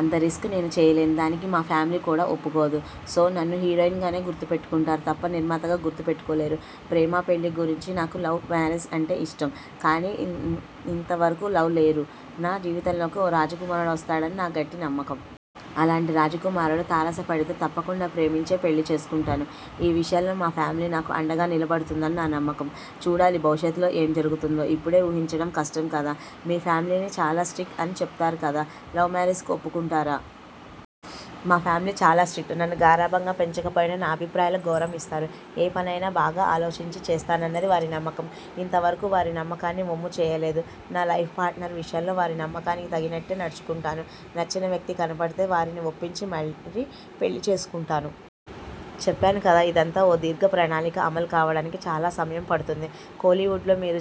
అంత రిస్క్ నేను చేయలేను. దానికి మా ఫ్యామిలీ కూడా ఒప్పుకోదు. సో నన్ను హీరోయిన్గానే గుర్తు పెట్టుకుంటారు. తప్ప నిర్మాతగా గుర్తు పెట్టుకోలేరు. ప్రేమాపెళ్ళి గురించి నాకు లవ్ మ్యారేజ్ అంటే ఇష్టం. కానీ నాకు ఇంత వరకూ లవర్ లేరు. నా జీవితంలోకి ఓ రాజకుమారుడు వస్తాడని నా గట్టి నమ్మకం. అలాంటి రాజకుమారుడు తారసపడితే తప్పకుండా ప్రేమించే పెళ్ళి చేసుకుంటాను. ఈ విషయంలో మా ఫ్యామిలీ నాకు అండగా నిలబడుతుందని నా నమ్మకం. చూడాలి భవిష్యత్తులో ఏం జరుగుతుందో ఇప్పుడే ఊహించడం కష్టం కదా! మీ ఫ్యామిలీ చాలా స్ట్రిక్ట్ అని చెప్పారు కదా? లవ్ మ్యారేజీకి ఒప్పుకుంటారా? మా ఫ్యామిలీ చాలా స్ట్రిక్ట్. నన్ను గారాబంగా పెంచకపోయినా, నా అభిప్రాయాలకు గౌరవం ఇస్తారు. ఏ పనైనా బాగా ఆలోచించి చేస్తానన్నది వారి నమ్మకం. ఇంత వరకూ వారి నమ్మకాన్ని వమ్ము చేయలేదు. నా లైఫ్ పార్టనర్ విషయంలో వారి నమ్మకానికి తగినట్టే నడుచుకుంటాను. నచ్చిన వ్యక్తి కనపడితే వారిని ఒప్పించి మరీ పెళ్ళి చేసుకుంటాను. చెప్పాను కదా ఇదంతా ఓ దీర్ఘ ప్రణాళిక అమలు కావడానికి చాలా సమయం పడుతుంది. కోలీవుడ్లో మీరు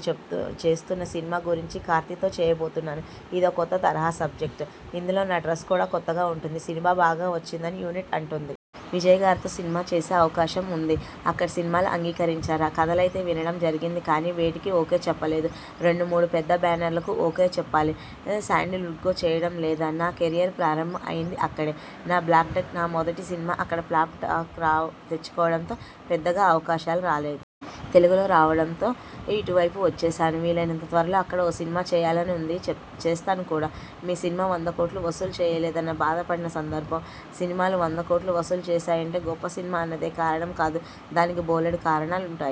చేస్తున్న సినిమా గురించి కార్తీతో చేయబోతున్నాను. ఇదో కొత్త తరహా సబ్జెక్ట్. ఇందులో నా డ్రెస్ కూడా కొత్తగా ఉంటుంది. సినిమా బాగా వచ్చిందని యూనిట్ అంటోంది. విజయ్గారితో సినిమా చేసే అవకాశం ఉంది. అక్కడ సినిమాలు అంగీకరించారా? కథలయితే వినడం జరిగింది కానీ, వేటికీ ఓకే చెప్పలేదు. రెండు మూడు పెద్ద బ్యానర్లకు ఓకే చెప్పాలి. శాండిల్వుడ్లో చేయడం లేదా? నా కెరీర్ ప్రారంభం అయిందే అక్కడ. నా బ్యాడ్లక్. నా మొదటి సినిమా అక్కడ ఫ్లాప్ టాక్ తెచ్చుకోవడంతో పెద్దగా అవకాశాలు రాలేదు. తెలుగులో రావడంతో ఇటు వైపువచ్చేశాను. వీలైనంత త్వరలో అక్కడ ఓ సినిమా చేయాలని ఉంది. చేస్తాను కూడా! మీ సినిమా వందకోట్లు వసూలు చేయలేదన్న బాధ పడిన సందర్భం? సినిమాలు వంద కోట్లు వసూలు చేశాయంటే గొప్ప సినిమా అన్నదే కారణం కాదు. దానికి బోలెడు కారణాలుంటాయి.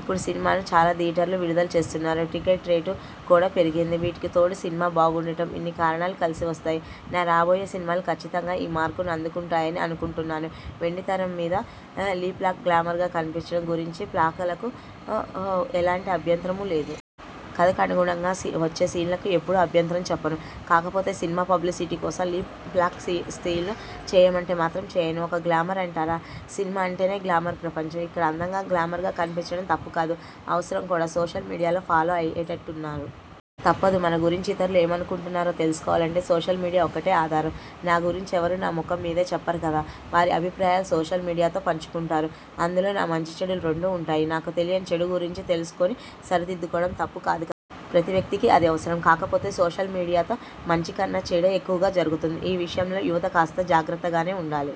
ఇప్పుడు సినిమాను చాలా థియేటర్లలో విడుదల చేస్తున్నారు. టికెట్రేటు కూడా పెరిగింది. వీటికి తోడు సినిమా బాగుండడం. ఇన్ని కారణాలు కలిసి వస్తాయి. నా రాబోయే సినిమాలు కచ్చితంగా ఈ మార్కును అందుకుంటాయని అనుకుంటున్నాను. వెండితెర మీద లిప్లాక్లు, గ్లామర్గా కనిపించడం గురించిలి ప్లాక్లకు ఎలాంటి అభ్యంతరమూలేదు. కథకు అనుగుణంగా వచ్చే సీన్లకు ఎప్పుడూ అభ్యంతరం చెప్పను. కాకపోతే సినిమా పబ్లిసిటీ కోసం లిప్లాక్ సీన్లు చేయమంటే మాత్రం చేయను. ఇక గ్లామరంటారాసినిమా అంటేనే గ్లామర్ ప్రపంచం. ఇక్కడ అందంగా గ్లామర్గా కనిపించడం తప్పు కాదు. అవసరం కూడా! సోషల్ మీడియా ఫాలో అయ్యేటట్టున్నారు? తప్పదు. మన గురించి ఇతరులు ఏమనుకుంటున్నారో తెలుసుకోవాలంటే సోషల్ మీడియా ఒక్కటే ఆధారం. నా గురించి ఎవరూ నా ముఖం మీదే చెప్పరు కదా? వారి అభిప్రాయాలను సోషల్ మీడియాతో పంచుకుంటారు. అందులో నా మంచిచెడులు రెండూ ఉంటాయి. నాకు తెలియని చెడు గురించి తెలుసుకుని సరిదిద్దుకోవడం తప్పుకాదు కదా? ప్రతి వ్యక్తికి అది అవసరం. కాకపోతే సోషల్ మీడియాతో మంచి కన్నా చెడే ఎక్కువగా జరుగుతోంది. ఈ విషయంలో యువత కాస్త జాగ్రత్తగానే ఉండాలి.